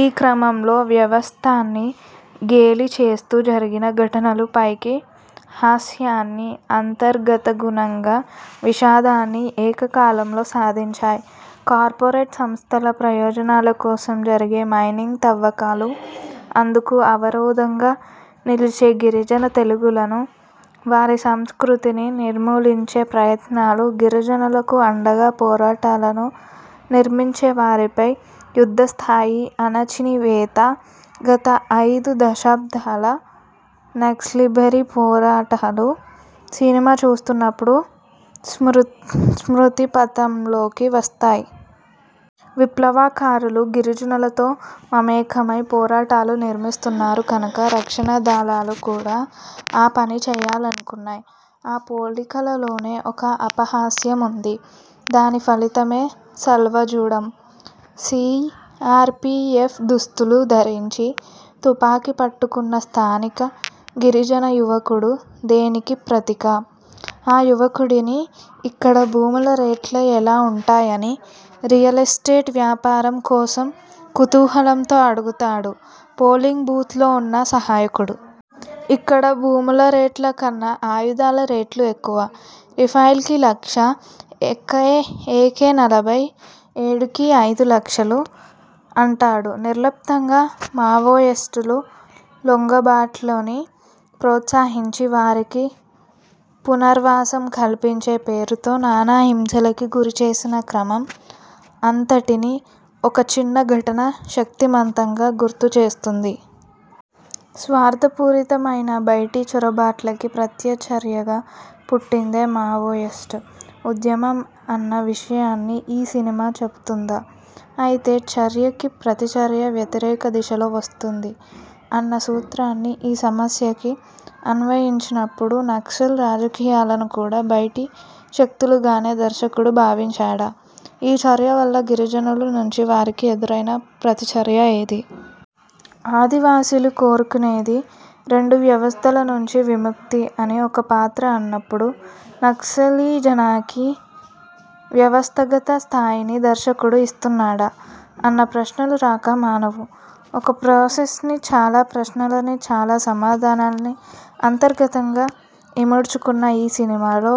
ఈ క్రమంలో వ్యవస్థని గేలి చేస్తూ జరిగిన ఘటనలు పైకి హాస్యాన్ని, అంతర్గతగుణంగా విషాదాన్ని ఏకకాలంలో సాధించాయి. కార్పొరేట్ సంస్థల ప్రయోజనాల కోసం జరిగే మైనింగ్ తవ్వకాలు, అందుకు అవరోధంగా నిలిచే గిరిజన తెగలను, వారి సంస్కృతిని నిర్మూలించే ప్రయత్నాలు, గిరిజనులకు అండగా పోరాటాలను నిర్మించేవారిపై యుద్ధస్థాయి అణచివేత, గత అయిదు దశాబ్దాల నక్సల్బరీ పోరాటాలు– సినిమా చూస్తున్నపుడు స్మృతిపథంలోకి వస్తాయి. విప్లవకారులు గిరిజనులతో మమేకమై పోరాటాలు నిర్మిస్తున్నారు కనుక రక్షణదళాలు కూడా ఆ పని చేయాలనుకున్నాయి. ఆ పోలికలోనే ఒక అపహాస్యం ఉంది. దాని ఫలితమే సల్వాజుడుం. సీఆర్పీఎఫ్ దుస్తులు ధరించి తుపాకీ పట్టుకున్న స్థానిక గిరిజన యువకుడు దేనికి ప్రతీక?! ఆ యువకుడిని 'ఇక్కడ భూముల రేట్లు ఎలా ఉంటాయని' రియల్ ఎస్టేట్ వ్యాపారం కోసం కుతూహలంతో అడుగుతాడు పోలింగ్ బూత్లో ఉన్న సహాయకుడు. 'ఇక్కడ భూముల రేట్ల కన్నా ఆయుధాల రేట్లు ఎక్కువ, రైఫిల్కి లక్ష, ఏకే నలభై ఏడుకి అయిదు లక్షలు' అంటాడు నిర్లిప్తంగా మావోయిస్టుల లొంగుబాట్లని ప్రోత్సహించి వారికి పునరావాసం కల్పించే పేరుతో నానా హింసలకీ గురిచేసిన క్రమం అంతటినీ ఒక చిన్న ఘటన శక్తిమంతంగా గుర్తు చేస్తుంది. స్వార్థపూరితమైన బైటి చొరబాట్లకి ప్రతిచర్యగా పుట్టిందే మావోయిస్టు ఉద్యమం అన్న విషయాన్ని ఈ సినిమా చెపుతోందా? అయితే చర్యకి ప్రతిచర్య వ్యతిరేక దిశలో వస్తుంది అన్న సూత్రాన్ని ఈ సమస్యకి అన్వయించినపుడు నక్సల్ రాజకీయాలను కూడా బైటి శక్తులుగానే దర్శకుడు భావించాడా? ఈ చర్య వల్ల గిరిజనుల నుంచి వారికి ఎదురైన ప్రతిచర్య ఏది? ఆదివాసీలు కోరుకునేది 'రెండు వ్యవస్థల నుంచి విముక్తి' అని ఒక పాత్ర అన్నపుడు నక్సలిజానికి వ్యవస్థాగత స్థాయిని దర్శకుడు ఇస్తున్నాడా? అన్న ప్రశ్నలు రాక మానవు. ఒక ప్రాసెస్ని, చాలా ప్రశ్నలని, చాలా సమాధానాల్ని అంతర్గతంగా ఇముడ్చుకున్న ఈ సినిమాలో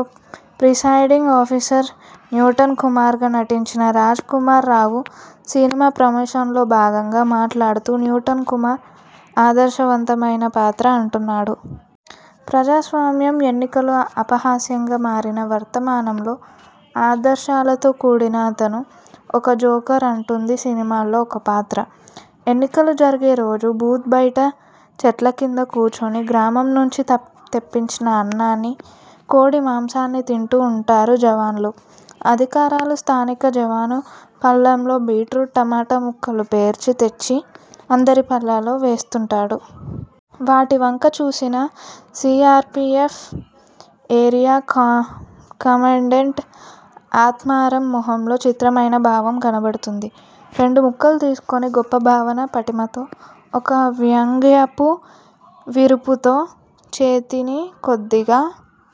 ప్రిసైడింగ్ ఆఫీసర్ న్యూటన్ కుమార్గా నటించిన రాజ్ కుమార్ రావు సినిమా ప్రమోషన్లో భాగంగా మాట్లాడుతూ 'న్యూటన్ కుమార్ ఆదర్శవంతమైన పాత్ర' అంటున్నాడు. ప్రజాస్వామ్యం, ఎన్నికలు అపహాస్యంగా మారిన వర్తమానంలో ఆదర్శాలతో కూడిన అతను ఒక జోకర్ అంటుంది సినిమాలో ఒక పాత్ర. ఎన్నికలు జరిగే రోజు బూత్ బైట చెట్లకింద కూచుని గ్రామం నుంచి తెప్పించిన అన్నాన్ని, కోడిమాంసాన్ని తింటూ ఉంటారు జవాన్లు, అధికారులు. స్థానిక జవాను పళ్ళెంలో బీట్రూట్, టమాటా ముక్కలు పేర్చి తెచ్చి అందరి పళ్ళాల్లో వేస్తుంటాడు. వాటివంక చూసిన సీఆర్పీఎఫ్ ఏరియా కమాండెంట్ ఆత్మారాం మొహంలో చిత్రమైన భావం కనపడుతుంది. రెండుముక్కలు తీసుకుని గొప్ప భావనా పటిమతో, ఒక వ్యంగ్యపు విరుపుతో చేతినికొద్దిగా